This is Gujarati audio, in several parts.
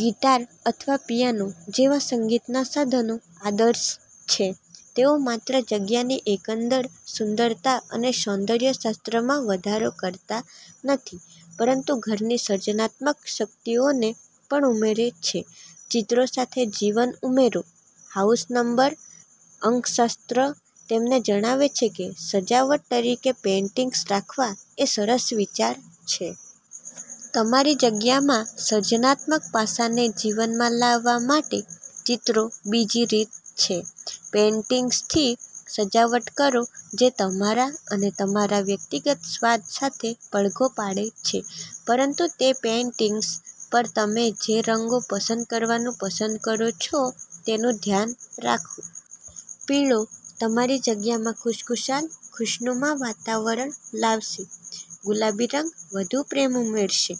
ગિટાર અથવા પિયાનો જેવા સંગીતનાં સાધનો આદર્શ છે. તેઓ માત્ર જગ્યાની એકંદર સુંદરતા અને સૌંદર્ય શાસ્ત્રમાં વધારો કરતા નથી, પરંતુ ઘરની સર્જનાત્મક શક્તિઓને પણ ઉમેરે છે. ચિત્રો સાથે જીવન ઉમેરો. હાઉસ નંબર અંકશાસ્ત્ર અમને જણાવે છે કે સજાવટ તરીકે પેઇન્ટિંગ્સ રાખવા એ સરસ વિચાર છે. તમારી જગ્યામાં સર્જનાત્મક પાસાને જીવનમાં લાવવા માટે ચિત્રો બીજી રીત છે. પેઇન્ટિંગ્સથી સજાવટ કરો જે તમારા અને તમારા વ્યક્તિગત સ્વાદ સાથે પડઘો પાડે છે. પરંતુ, તે પેઇન્ટિંગ્સ પર તમે જે રંગો પસંદ કરવાનું પસંદ કરો છો તેનું ધ્યાન રાખો. પીળો તમારી જગ્યામાં ખુશખુશાલ, ખુશનુમા વાતાવરણ લાવશે, ગુલાબી રંગ વધુ પ્રેમ ઉમેરશે,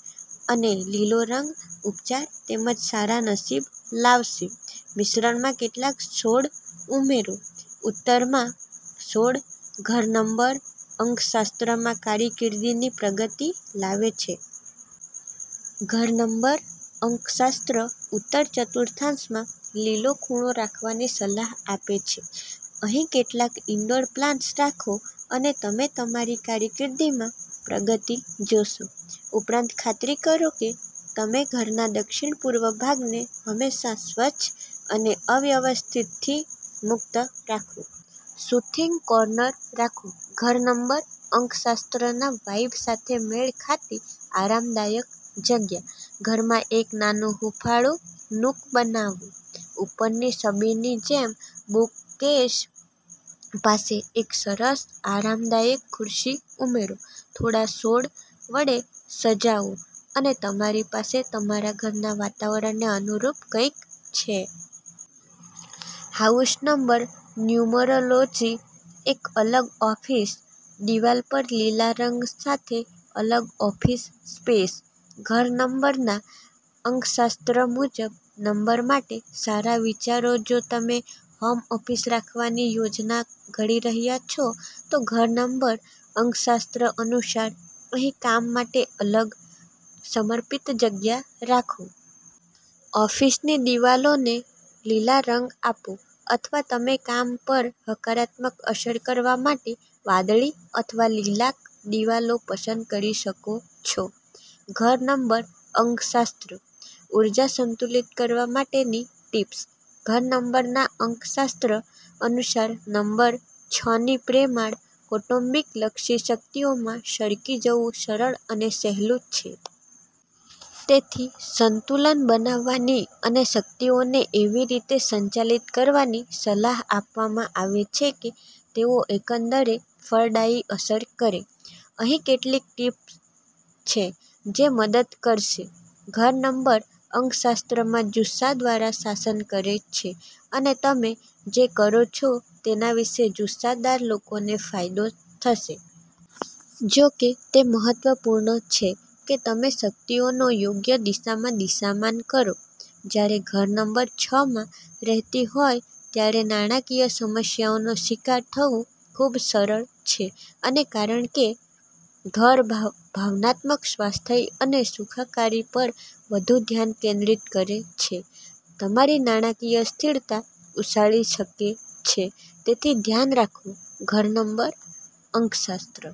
અને લીલો રંગ ઉપચાર તેમજ સારા નસીબ લાવશે. મિશ્રણમાં કેટલાક છોડ ઉમેરો. ઉત્તરમાં છોડ ઘર નંબર અંકશાસ્ત્રમાં કારકિર્દીની પ્રગતિ લાવે છે. ઘર નંબર અંકશાસ્ત્ર ઉત્તર ચતુર્થાંશમાં લીલો ખૂણો રાખવાની સલાહ આપે છે. અહીં કેટલાક ઇન્ડોર પ્લાન્ટ્સ રાખો અને તમે તમારી કારકિર્દીમાં પ્રગતિ જોશો. ઉપરાંત, ખાતરી કરો કે તમે ઘરના દક્ષિણ-પૂર્વ ભાગને હંમેશા સ્વચ્છ અને અવ્યવસ્થિતથી મુક્ત રાખો. સુથિંગ કોર્નર રાખો. ઘર નંબર અંકશાસ્ત્રના વાઇબ સાથે મેળ ખાતી આરામદાયક જગ્યા. ઘરમાં એક નાનો હૂંફાળું નૂક બનાવો. ઉપરની છબીની જેમ બુકકેસ પાસે એક સરસ, આરામદાયક ખુરશી ઉમેરો, થોડા છોડ વડે સજાવો અને તમારી પાસે તમારા ઘરના વાતાવરણને અનુરૂપ કંઈક છે. House number numerology. એક અલગ ઓફિસ. દિવાલ પર લીલા રંગ સાથે અલગ ઓફિસ સ્પેસ, ઘર નંબરના અંકશાસ્ત્ર મુજબ નંબર માટે સારા વિચારો જો તમે હોમ ઓફિસ રાખવાની યોજના ઘડી રહ્યા છો, તો ઘર નંબર અંકશાસ્ત્ર અનુસાર, અહીં કામ માટે અલગ, સમર્પિત જગ્યા રાખો. ઓફિસની દિવાલોને લીલો રંગ આપો, અથવા તમે કામ પર હકારાત્મક અસર કરવા માટે વાદળી અથવા લીલાક દિવાલો પસંદ કરી શકો છો. ઘર નંબર અંકશાસ્ત્ર. ઊર્જા સંતુલિત કરવા માટેની ટિપ્સ. ઘર નંબરના અંકશાસ્ત્ર અનુસાર નંબર છની પ્રેમાળ, કૌટુંબિક લક્ષી શક્તિઓમાં સરકી જવું સરળ અને સહેલું છે. તેથી સંતુલન બનાવવાની અને શક્તિઓને એવી રીતે સંચાલિત કરવાની સલાહ આપવામાં આવે છે કે તેઓ એકંદરે ફળદાયી અસર કરે. અહીં કેટલીક ટીપ્સ છે જે મદદ કરશે. ઘર નંબર અંકશાસ્ત્રમાં જુસ્સા દ્વારા શાસન કરે છે અને તમે જે કરો છો તેના વિશે જુસ્સાદાર લોકોને ફાયદો થશે. જો કે, તે મહત્વપૂર્ણ છે કે તમે શક્તિઓને યોગ્ય દિશામાં દિશામાન કરો. જ્યારે ઘર નંબર છમાં રહેતી હોય ત્યારે નાણાકીય સમસ્યાઓનો શિકાર થવું ખૂબ સરળ છે. અને, કારણ કે ઘર ભાવનાત્મક સ્વાસ્થ્ય અને સુખાકારી પર વધુ ધ્યાન કેન્દ્રિત કરે છે, તમારી નાણાકીય સ્થિરતા ઉછાળી શકે છે. તેથી, ધ્યાન રાખો, ઘર નંબર અંકશાસ્ત્ર